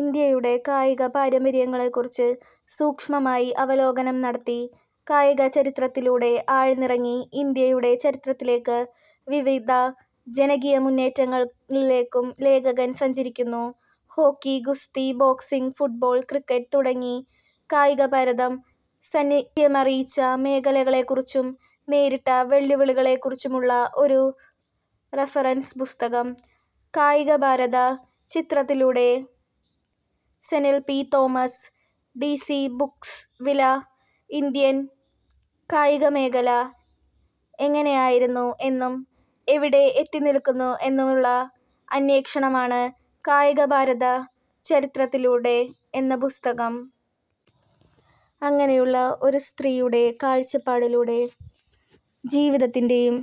ഇന്ത്യയുടെ കായികപാരമ്പര്യങ്ങളെ ക്കുറിച്ച് സൂക്ഷ്മമായി അവലോകനം നടത്തി കായിക ചരിത്രത്തിലൂടെ ആഴ്ന്നിറങ്ങി ഇന്ത്യയുടെ ചരിത്രത്തിലേക്കും വിവിധ ജനകീയമുന്നേറ്റങ്ങളിലേക്കും ലേഖകൻ സഞ്ചരിക്കുന്നു. ഹോക്കി, ഗുസ്തി, ബോക്സിങ്, ഫുട്ബോൾ, ക്രിക്കറ്റ് തുടങ്ങി കായികഭാരതം സാന്നിധ്യമറിയിച്ച മേഖലകളെക്കുറിച്ചും നേരിട്ട വെല്ലുവിളികളെക്കുറിച്ചുമുള്ള ഒരു റഫറൻസ് പുസ്തകം. കായികഭാരത ചരിത്രത്തിലൂടെ സനിൽ പി. തോമസ് ഡി സി ബുക്സ് വില: ഇന്ത്യൻ കായികമേഖല എങ്ങനെയായിരുന്നു എന്നും എവിടെ എത്തിനിൽക്കുന്നു എന്നുമുള്ള അന്വേഷണമാണ് കായികഭാരത ചരിത്രത്തിലൂടെ എന്ന പുസ്തകം. അങ്ങനെയുള്ള ഒരു സ്ത്രീയുടെ കാഴ്ചപ്പാടിലൂടെ ജീവിതത്തിന്റെയും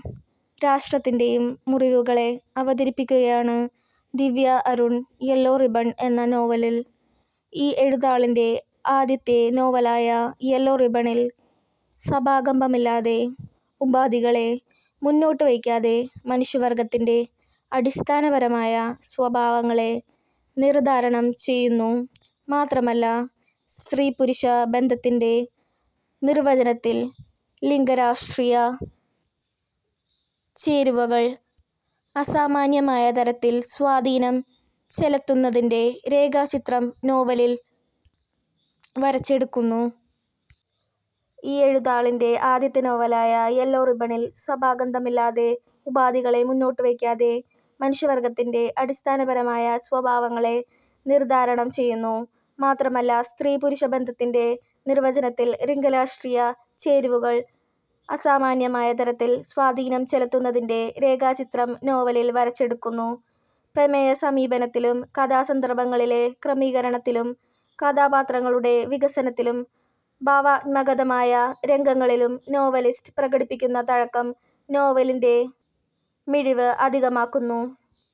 രാഷ്ട്രത്തിന്റെയും മുറിവുകളെ അവതരിപ്പിക്കുകയാണ് ദിവ്യ അരുൺ 'യെല്ലോ റിബ്ബൺ' എന്ന നോവലിൽ. ഈ എഴുത്താളിന്റെ ആദ്യത്തെ നോവലായ 'യെല്ലോ റിബ്ബണി'ൽ സഭാകമ്പമില്ലാതെ, ഉപാധികളെ മുന്നോട്ടുവയ്ക്കാതെ മനുഷ്യവർഗ്ഗത്തിന്റെ അടിസ്ഥാനപരമായ സ്വഭാവങ്ങളെ നിർദ്ധാരണം ചെയ്യുന്നു. മാത്രമല്ല, സ്ത്രീ-പുരുഷ ബന്ധത്തിന്റെ നിർവ്വചനത്തിൽ ലിംഗ/രാഷ്ട്രീയ ചേരുവകൾ അസാമാന്യമായ തരത്തിൽ സ്വാധീനം ചെലുത്തുന്നതിന്റെ രേഖാചിത്രം നോവലിൽ വരച്ചെടുക്കുന്നു. ഈ എഴുത്താളിന്റെ ആദ്യത്തെ നോവലായ 'യെല്ലോ റിബ്ബണി'ൽ സഭാകമ്പമില്ലാതെ, ഉപാധികളെ മുന്നോട്ടുവയ്ക്കാതെ മനുഷ്യവർഗ്ഗത്തിന്റെ അടിസ്ഥാനപരമായ സ്വഭാവങ്ങളെ നിർദ്ധാരണം ചെയ്യുന്നു. മാത്രമല്ല, സ്ത്രീ-പുരുഷ ബന്ധത്തിന്റെ നിർവ്വചനത്തിൽ ലിംഗ/രാഷ്ട്രീയ ചേരുവകൾ അസാമാന്യമായ തരത്തിൽ സ്വാധീനം ചെലുത്തുന്നതിന്റെ രേഖാചിത്രം നോവലിൽ വരച്ചെടുക്കുന്നു. പ്രമേയസമീപനത്തിലും കഥാസന്ദർഭങ്ങളിലെ ക്രമീകരണത്തിലും കഥാപാത്രങ്ങളുടെ വികസനത്തിലും ഭാവനാത്മകമായ രംഗങ്ങളിലും നോവലിസ്റ്റ് പ്രകടിപ്പിക്കുന്ന തഴക്കം നോവലിന്റെ മിഴിവ് അധികമാക്കുന്നു.